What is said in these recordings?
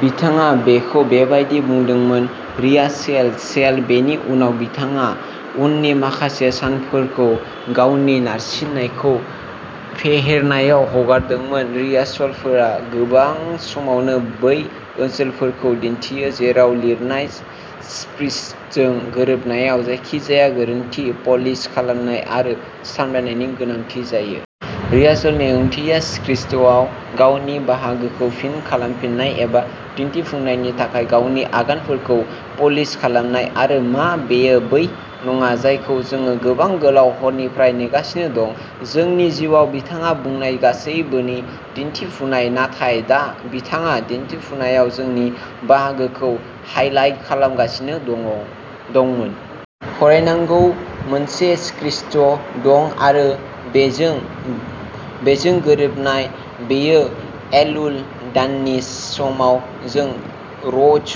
बिथाङा बेखौ बेबायदि बुंदोंमोनः रिहार्सेल-सेल। बेनि उनाव बिथाङा उननि माखासे सानफोरखौ गावनि नारसिननायखौ फेहेरनायाव हगारदोंमोन। रिहार्सलफोरा गोबां समावनो बै ओनसोलफोरखौ दिन्थियो, जेराव लिरनाय सि स्क्रिपसजों गोरोबनायाव जायखिजाया गोरोन्थि प'लिश खालामनाय आरो सामलायनायनि गोनांथि जायो। रिहार्सलनि ओंथिया'स्क्रिपसटआव गावनि बाहागोखौ फिन खालामफिननाय एबा दिन्थिफुंनायनि थाखाय गावनि आगानफोरखौ प'लिश खालामनाय '!! आरो मा बेयो बै नङा जायखौ जोङो गोबां गोलाव हरनिफ्राय नेगासिनो दं, जोंनि जिउआव बिथाङा बुंनाय गासैबोनि दिन्थिफुंनाय?! नाथाय दा, बिथाङा दिन्थिफुंनायाव जोंनि बाहागोखौ हाईलाइट खालामगासिनो दङ दंमोन। फरायनांगौ मोनसे स्क्रिसट दं। आरो बेजों बेजों गोरोबनाय। बेयो एलुल दाननि समाव जों र'श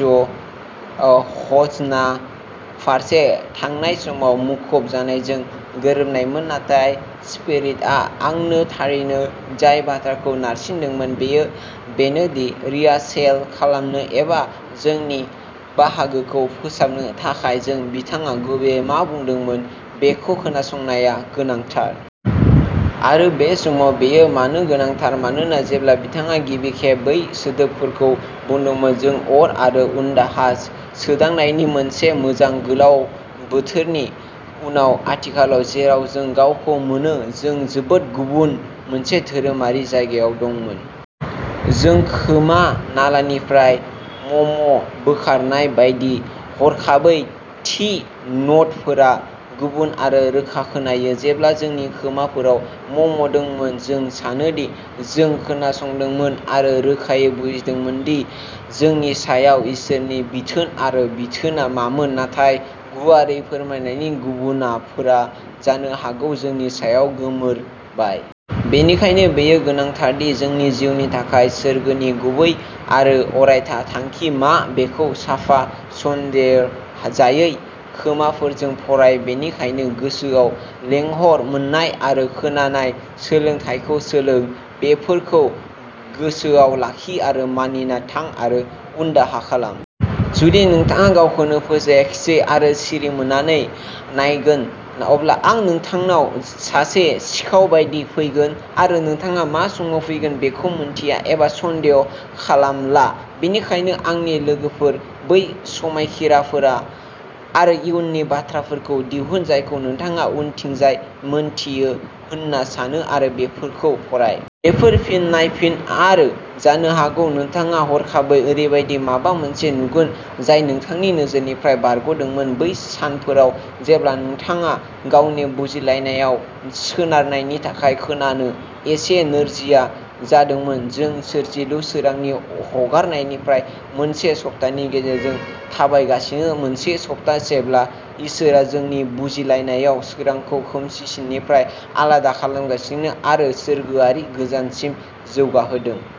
हशनाह फारसे थांनाय समाव मुखुब जानायजों गोरोबनायमोन। नाथाय स्पिरिटआ आंनो थारैनो जाय बाथ्राखौ नारसिनदोंमोन, बेयो बेनोदि रिहार्सेल खालामनो एबा जोंनि बाहागोखौ फोसाबनो थाखाय, जों बिथाङा गुबैयै मा बुंदोंमोन बेखौ खोनासंनाया गोनांथार। आरो बे समाव बेयो मानो गोनांथार? मानोना जेब्ला बिथाङा गिबि खेब बै सोदोबफोरखौ बुंदोंमोन, जों अर आरो उनदाहा सोदांनायनि मोनसे मोजां गोलाव बोथोरनि उनाव आथिखालाव जेराव जों गावखौ मोनो, जों जोबोद गुबुन मोनसे धोरोमारि जायगायाव दंमोन। जों खोमा नालानिफ्राय मम बोखारनाय बायदि। हरखाबै थि न'टफोरा गुबुन आरो रोखा खोनायो! जेब्ला जोंनि खोमाफोराव मम दंमोन, जों सानोदि जों खोनासंदोंमोन आरो रोखायै बुजिदोंमोन दि जोंनि सायाव इसोरनि बिथोन आरो बिथोनआ मामोन, नाथाय गुवारै फोरमायनायनि गुबुनाफोरा जानो हागौ जोंनि सायाव गोमोरबाय। बेनिखायनो बेयो गोनांथार दि जोंनि जिउनि थाखाय सोरगोनि गुबै आरो अरायथा थांखि मा बेखौ साफा, सन्देरजायै खोमाफोरजों फराय। बेनिखायनो गोसोआव लेंहर, मोन्नाय आरो खोनानाय सोलोंथायखौ सोलों; बेफोरखौ गोसोयाव लाखि आरो मानिना थां, आरो उनदाहा खालाम। जुदि नोंथाङा गावखौनो फोजाखिसै आरो सिरिमोननानै नायगोन, अब्ला आं नोंथांनाव सासे सिखाव बायदि फैगोन, आरो नोंथाङा मा समाव फैगोन बेखौ मिन्थिया एबा सन्देह खालामला। बेनिखायनो, आंनि लोगोफोर, बै समायखिराफोरा आरो इयुननि बाथ्राफोरखौ दिहुन, जायखौ नोंथाङा उनथिंजाय मोन्थियो होनना सानो आरो बेफोरखौ फराय। बेफोर फिन नायफिन आरो जानो हागौ नोंथाङा हरखाबै ओरैबायदि माबा मोनसे नुगोन जाय नोंथांनि नोजोरनिफ्राय बारग'दोंमोन बै सानफोराव जेब्ला नोंथाङा गावनि बुजिलायनायाव सोनारनायनि थाखाय खोनानो एसे नोरजिया जादोंमोन। जों सोरजिलु सोरांनि ह हगारनायनि मोनसे सप्तानि गेजेरजों थाबायगासिनो; मोनसे सप्ता जेब्ला इसोरआ जोंनि बुजिलायनायाव सोरांखौ खोमसिसिंनिफ्राय आलादा खालामगासिनो आरो सोरगोआरि गोजानसिम जौगाहोदों।